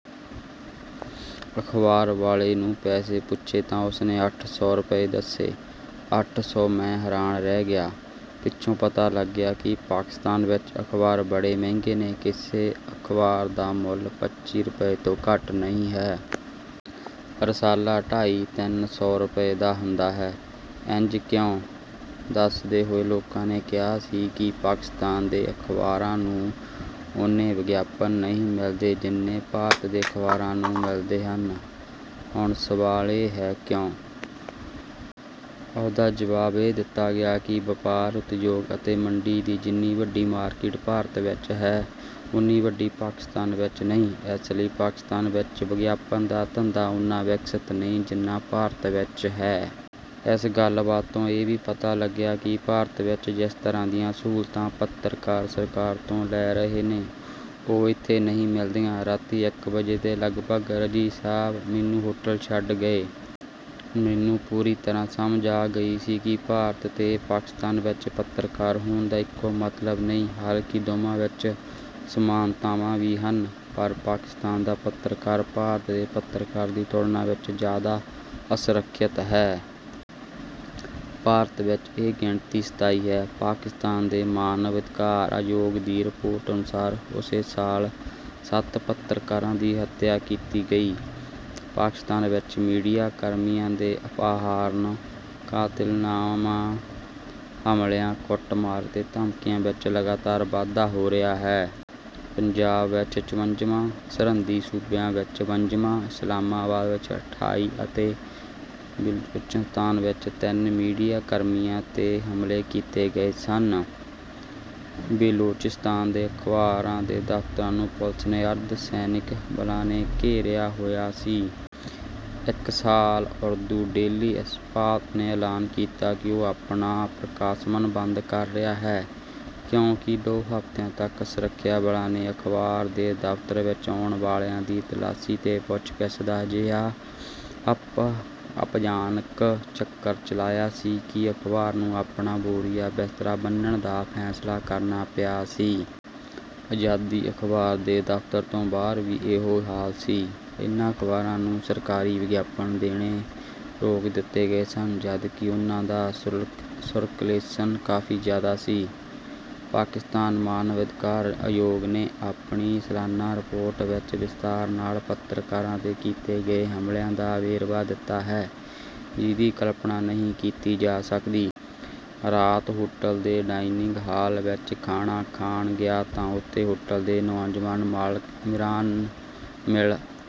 ਅਖ਼ਬਾਰ ਵਾਲੇ ਨੂੰ ਪੈਸੇ ਪੁੱਛੇ ਤਾਂ ਉਸਨੇ ਅੱਠ ਸੌ ਰੁਪਏ ਦੱਸੇ। "ਅੱਠ ਸੌ!" ਮੈਂ ਹੈਰਾਨ ਰਹਿ ਗਿਆ। ਪਿੱਛੋਂ ਪਤਾ ਲੱਗਿਆ ਕਿ ਪਾਕਿਸਤਾਨ ਵਿੱਚ ਅਖ਼ਬਾਰ ਬੜੇ ਮਹਿੰਗੇ ਨੇ। ਕਿਸੇ ਅਖ਼ਬਾਰ ਦਾ ਮੁੱਲ ਪੱਚੀ ਰੁਪਏ ਤੋਂ ਘੱਟ ਨਹੀਂ ਹੈ। ਰਸਾਲਾ ਢਾਈ-ਤਿੰਨ ਸੌ ਰੁਪਏ ਦਾ ਹੁੰਦਾ ਹੈ। ਇੰਜ ਕਿਉਂ ਹੈ, ਦੱਸਦੇ ਹੋਏ ਲੋਕਾਂ ਨੇ ਕਿਹਾ ਸੀ ਕਿ ਪਾਕਿਸਤਾਨ ਦੇ ਅਖ਼ਬਾਰਾਂ ਨੂੰ ਓਨੇ ਵਿਗਿਆਪਨ ਨਹੀਂ ਮਿਲਦੇ ਜਿੰਨੇ ਭਾਰਤ ਦੇ ਅਖ਼ਬਾਰਾਂ ਨੂੰ ਮਿਲਦੇ ਹਨ। ਹੁਣ ਸਵਾਲ ਇਹ ਹੈ, ਕਿਉਂ? ਉਸਦਾ ਜਵਾਬ ਇਹ ਦਿੱਤਾ ਗਿਆ ਕਿ ਵਪਾਰ, ਉਦਯੋਗ ਅਤੇ ਮੰਡੀ ਦੀ ਜਿੰਨੀ ਵੱਡੀ ਮਾਰਕੀਟ ਭਾਰਤ ਵਿੱਚ ਹੈ, ਓਨੀ ਵੱਡੀ ਪਾਕਿਸਤਾਨ ਵਿੱਚ ਨਹੀਂ। ਇਸ ਲਈ ਪਾਕਿਸਤਾਨ ਵਿੱਚ ਵਿਗਿਆਪਨ ਦਾ ਧੰਦਾ ਓਨਾ ਵਿਕਸਤ ਨਹੀਂ ਹੈ, ਜਿੰਨਾ ਭਾਰਤ ਵਿੱਚ ਹੈ। ਇਸ ਗੱਲਬਾਤ ਤੋਂ ਇਹ ਵੀ ਪਤਾ ਲੱਗਿਆ ਕਿ ਭਾਰਤ ਵਿੱਚ ਜਿਸ ਤਰ੍ਹਾਂ ਦੀਆਂ ਸਹੂਲਤਾਂ ਪੱਤਰਕਾਰ ਸਰਕਾਰ ਤੋਂ ਲੈ ਰਹੇ ਨੇ, ਉਹ ਇੱਥੇ ਨਹੀਂ ਮਿਲਦੀਆਂ। ਰਾਤੀ ਇਕ ਵਜੇ ਦੇ ਲਗਭਗ ਰਜ਼ੀ ਸਾਹਬ ਮੈਨੂੰ ਹੋਟਲ ਛੱਡ ਗਏ। ਮੈਨੂੰ ਪੂਰੀ ਤਰ੍ਹਾਂ ਸਮਝ ਆ ਗਈ ਸੀ ਕਿ ਭਾਰਤ ਤੇ ਪਾਕਿਸਤਾਨ ਵਿੱਚ ਪੱਤਰਕਾਰ ਹੋਣ ਦਾ ਇਕੋ ਮਤਲਬ ਨਹੀਂ। ਹਾਲਾਂਕਿ ਦੋਵਾਂ ਵਿੱਚ ਸਮਾਨਤਾਵਾਂ ਵੀ ਹਨ, ਪਰ ਪਾਕਿਸਤਾਨ ਦਾ ਪੱਤਰਕਾਰ ਭਾਰਤ ਦੇ ਪੱਤਰਕਾਰ ਦੀ ਤੁਲਨਾ ਵਿੱਚ ਜ਼ਿਆਦਾ ਅਸੁਰੱਖਿਅਤ ਹੈ। ਭਾਰਤ ਵਿੱਚ ਇਹ ਗਿਣਤੀ ਸਤਾਈ ਹੈ। ਪਾਕਿਸਤਾਨ ਦੇ ਮਾਨਵ ਅਧਿਕਾਰ ਆਯੋਗ ਦੀ ਰਿਪੋਰਟ ਅਨੁਸਾਰ ਉਸੇ ਸਾਲ ਸੱਤ ਪੱਤਰਕਾਰਾਂ ਦੀ ਹੱਤਿਆ ਕੀਤੀ ਗਈ। ਪਾਕਿਸਤਾਨ ਵਿੱਚ ਮੀਡੀਆ ਕਰਮੀਆਂ ਦੇ ਅਪਹਰਣ, ਕਾਤਿਲਾਨਾ ਹਮਲਿਆਂ, ਕੁੱਟਮਾਰ ਅਤੇ ਧਮਕੀਆਂ ਵਿੱਚ ਲਗਾਤਾਰ ਵਾਧਾ ਹੋ ਰਿਹਾ ਹੈ। ਪੰਜਾਬ ਵਿੱਚ ਚੌਂਵੰਜਾ, ਸਰਹੱਦੀ ਸੂਬਿਆਂ ਵਿੱਚ ਬਵੰਜਾ, ਇਸਲਾਮਾਬਾਦ ਵਿੱਚ ਅਠਾਈ ਅਤੇ ਬਿਲੋਚਿਸਤਾਨ ਵਿੱਚ ਤਿੰਨ ਮੀਡੀਆ ਕਰਮੀਆਂ 'ਤੇ ਹਮਲੇ ਕੀਤੇ ਗਏ ਸਨ। ਬਿਲੋਚਿਸਤਾਨ ਦੇ ਅਖ਼ਬਾਰਾਂ ਦੇ ਦਫ਼ਤਰਾਂ ਨੂੰ ਪੁਲਿਸ ਤੇ ਅਰਧ-ਸੈਨਿਕ ਬਲਾਂ ਨੇ ਘੇਰਿਆ ਹੋਇਆ ਸੀ। ਇੱਕ ਸਾਲ ਉਰਦੂ ਡੇਲੀ 'ਆਸਾਪ' ਨੇ ਐਲਾਨ ਕੀਤਾ ਸੀ ਕਿ ਉਹ ਆਪਣਾ ਪ੍ਰਕਾਸ਼ਨ ਬੰਦ ਕਰ ਰਿਹਾ ਹੈ, ਕਿਉਂਕਿ ਦੋ ਹਫ਼ਤਿਆਂ ਤੱਕ ਸੁਰੱਖਿਆ ਬਲਾਂ ਨੇ ਅਖ਼ਬਾਰ ਦੇ ਦਫ਼ਤਰ ਵਿੱਚ ਆਉਣ ਵਾਲਿਆਂ ਦੀ ਤਲਾਸ਼ੀ ਤੇ ਪੁੱਛਗਿੱਛ ਦਾ ਅਜਿਹਾ ਅਪਜਾਨਕ ਚੱਕਰ ਚਲਾਇਆ ਸੀ ਕਿ ਅਖ਼ਬਾਰ ਨੂੰ ਆਪਣਾ ਬੋਰੀਆ-ਬਿਸਤਰਾ ਬੰਨ੍ਹਣ ਦਾ ਫ਼ੈਸਲਾ ਕਰਨਾ ਪਿਆ ਸੀ। 'ਆਜ਼ਾਦੀ' ਅਖ਼ਬਾਰ ਦੇ ਦਫ਼ਤਰ ਦੇ ਬਾਹਰ ਵੀ ਇਹੋ ਹਾਲ ਸੀ। ਇਹਨਾਂ ਅਖ਼ਬਾਰਾਂ ਨੂੰ ਸਰਕਾਰੀ ਵਿਗਿਆਪਨ ਦੇਣੇ ਰੋਕ ਦਿੱਤੇ ਗਏ ਸਨ, ਜਦਕਿ ਉਹਨਾਂ ਦਾ ਸਰਕੁਲੇਸ਼ਨ ਕਾਫ਼ੀ ਜ਼ਿਆਦਾ ਸੀ। ਪਾਕਿਸਤਾਨ ਮਾਨਵ ਅਧਿਕਾਰ ਆਯੋਗ ਨੇ ਆਪਣੀ ਸਾਲਾਨਾ ਰਿਪੋਰਟ ਵਿੱਚ ਵਿਸਥਾਰ ਨਾਲ ਪੱਤਰਕਾਰਾਂ 'ਤੇ ਕੀਤੇ ਗਏ ਹਮਲਿਆਂ ਦਾ ਵੇਰਵਾ ਦਿੱਤਾ ਹੈ, ਜਿਹਦੀ ਕਲਪਨਾ ਨਹੀਂ ਕੀਤੀ ਜਾ ਸਕਦੀ। ਰਾਤ ਹੋਟਲ ਦੇ ਡਾਇਨਿੰਗ ਹਾਲ ਵਿੱਚ ਖਾਣਾ ਖਾਣ ਗਿਆ ਤਾਂ ਉੱਥੇ ਹੋਟਲ ਦੇ ਨੌਜਵਾਨ ਮਾਲਕ ਇਮਰਾਨ ਮਿਲ...